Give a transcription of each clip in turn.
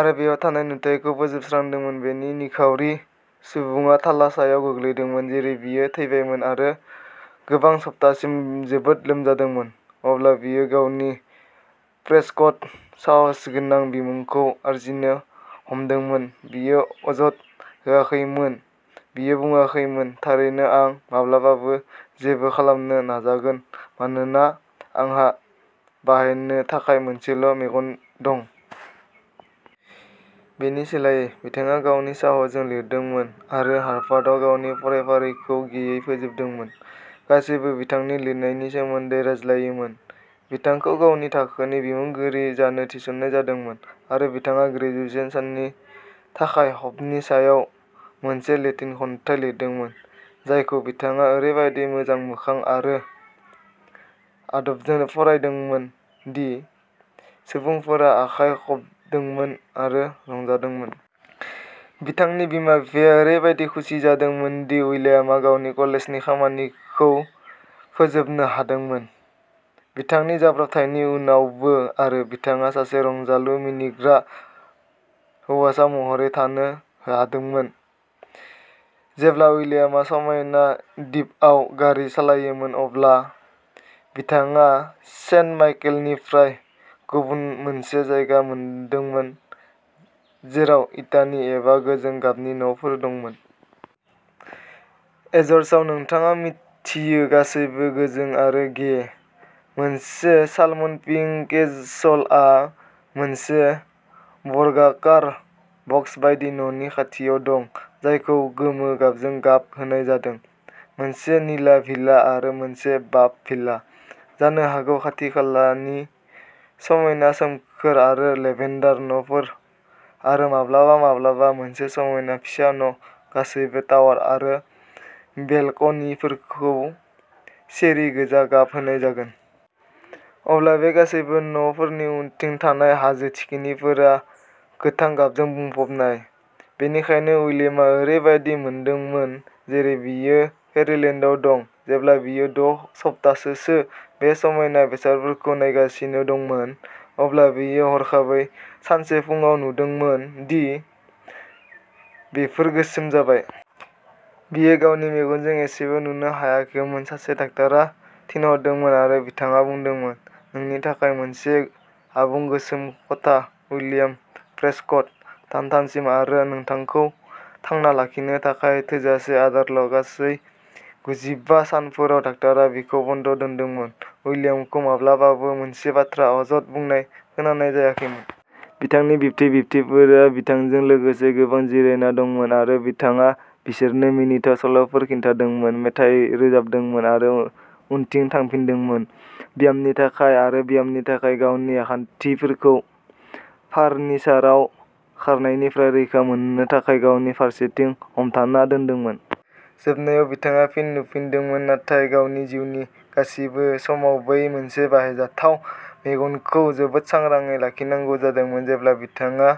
आरो बेयाव थानाय नुथायखौ फोजोबस्रांदोंमोन। बे निखावरि सुबुङा थाला सायाव गोग्लैदोंमोन जेरै बियो थैबायमोन आरो गोबां सप्तासिम जोबोद लोमजादोंमोन। अब्ला बियो गावनि प्रेस्कट, साहसगोनां बिमुंखौ आरजिनो हमदोंमोन। बियो अजद होआखैमोन, बियो बुङाखैमोन "थारैनो, आं माब्लाबाबो जेबो खालामनो नाजागोन, मानोना आंहा बाहायनो थाखाय मोनसेल' मेगन दं।" बेनि सोलायै, बिथाङा गावनि साहसखौ लाखिदोंमोन आरो हार्भार्डआव गावनि फरायफारिखौ गेयै फोजोबदोंमोन। गासैबो बिथांनि लिरनायनि सोमोन्दै रायज्लायोमोन। बिथांखौ गावनि थाखोनि बुंथिगिरि जानो थिननाय जादोंमोन, आरो बिथाङा ग्रेजुएशन साननि थाखाय ह'पनि सायाव मोनसे लेटिन खन्थाइ लिरदोंमोन, जायखौ बिथाङा ओरैबादि गोजोन मोखां आरो आदबजों फरायदोंमोन दि सुबुंफोरा आखाइ खबदोंमोन आरो रंजादोंमोन। बिथांनि बिमा बिफाया ओरैबादि खुसि जादोंमोन दि विलियमआ गावनि कलेजनि खामानिखौ फोजोबनो हादोंमोन, बिथांनि जाब्रबथायनि उनावबो, आरो बिथाङा सासे रंजालु, मिनिग्रा हौवासा महरै थानो हादोंमोन। जेब्ला उइलियामआ समायना दिपआव गारि सालायोमोन, अब्ला बिथाङा सेन्ट माइकेलनिफ्राय गुबुन मोनसे जायगा मोनदोंमोन, जेराव इटानि एबा गोजों गाबनि न'फोर दंमोन। एज'र्सआव, नोंथाङा मिथियो, गासैबो गोजों आरो गे। मोनसे सालमन पिंक केसलआ मोनसे बर्गाकार, बक्स बायदि न'नि खाथियाव दं, जायखौ गोमो गाबजों गाब होनाय जादों; मोनसे निला भिला आरो मोनसे बाफ भिला। जानो हागौ खाथिखालानि समायना सोमखोर आरो लेभेन्डार न'फोर, आरो माब्लाबा माब्लाबा मोनसे समायना फिसा न', गासैबो टावार आरो बेलकनिफोरखौ चेरि गोजा गाब होनाय जागोन। अब्ला बे गासैबो न'फोरनि उनथिं थानाय हाजो थिखिनिफोरा गोथां गाबजों बुंफबनाय। बेनिखायनो उइलियामआ ओरैबायदि मोनदोंमोन जेरै बियो फेयरीलेन्डआव दं। जेब्ला बियो द' सप्ताहसोसो बे समायना बेसादफोरखौ नायगासिनो दंमोन, अब्ला बियो हरखाबै, सानसे फुंआव, नुदोंमोन दि बेफोर गोसोम जाबाय। बियो गावनि मेगनजों एसेबो नुनो हायाखैमोन! सासे डाक्टारा थिनहरदोंमोन आरो बिथाङा बुंदोंमोन "नोंनि थाखाय मोनसे आबुं गोसोम खथा, उइलियाम प्रेस्कट, दानथामसिम, आरो नोंखौ थांना लाखिनो थाखाय थोजासे आदारल !" गासै गुजिबा सानफोराव डाक्टारा बिखौ बन्द' दोनदोंमोन, उइलियामखौ माब्लाबाबो मोनसे बाथ्रा अजद बुंनाय खोनानाय जायाखैमोन। बिथांनि बिबथै बिबथैफोरा बिथांजों लोगोसे गोबां जिरायना दंमोन, आरो बिथाङा बिसोरनो मिनिथाव सल'फोर खिन्थादोंमोन, मेथाइ रोजाबदोंमोन, आरो उनथिं थांफिनदोंमोन। ब्यामनि थाखाय आरो ब्यामनि थाखाय, गावनि आखान्थिफोरखौ फारनिसाराव खारनायनिफ्राय रैखा मोननो थाखाय गावनि फारसेथिं हमथाना दोनदोंमोन। जोबनायाव बिथाङा फिन नुफिनदोंमोन नाथाय गावनि जिउनि गासिबो समाव बै मोनसे बाहायजाथाव मेगनखौ जोबोद सांग्राङै लाखिनांगौ जादोंमोन। जेब्ला बिथाङा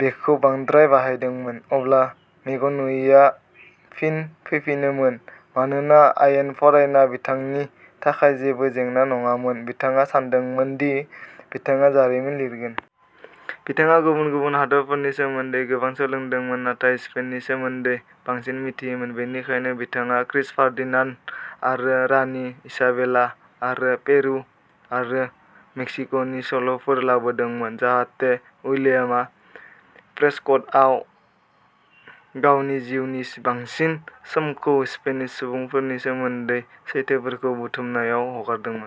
बेखौ बांद्राय बाहायदोंमोन, अब्ला मेगन नुयैआ फिन फैफिनोमोन। मानोना आयेन फरायनाया बिथांनि थाखाय जेबो जेंना नङामोन, बिथाङा सानदोंमोन दि बिथाङा जारिमिन लिरगोन। बिथाङा गुबुन गुबुन हादोरफोरनि सोमोन्दै गोबां सोलोंदोंमोन नाथाय स्पेननि सोमोन्दै बांसिन मिथियोमोन। बेनिखायनो बिथाङा क्रिस्ट'फार्डिनान्ड आरो रानि इसाबेला आरो पेरु आरो मेक्सिक'नि सल'फोर लाबोदोंमोन, जाहाथे उइलियाम प्रेस्कटआ गावनि जिउनि बांसिन समखौ स्पेनिश सुबुंफोरनि सोमोन्दै सैथोफोरखौ बुथुमनायाव हगारदोंमोन।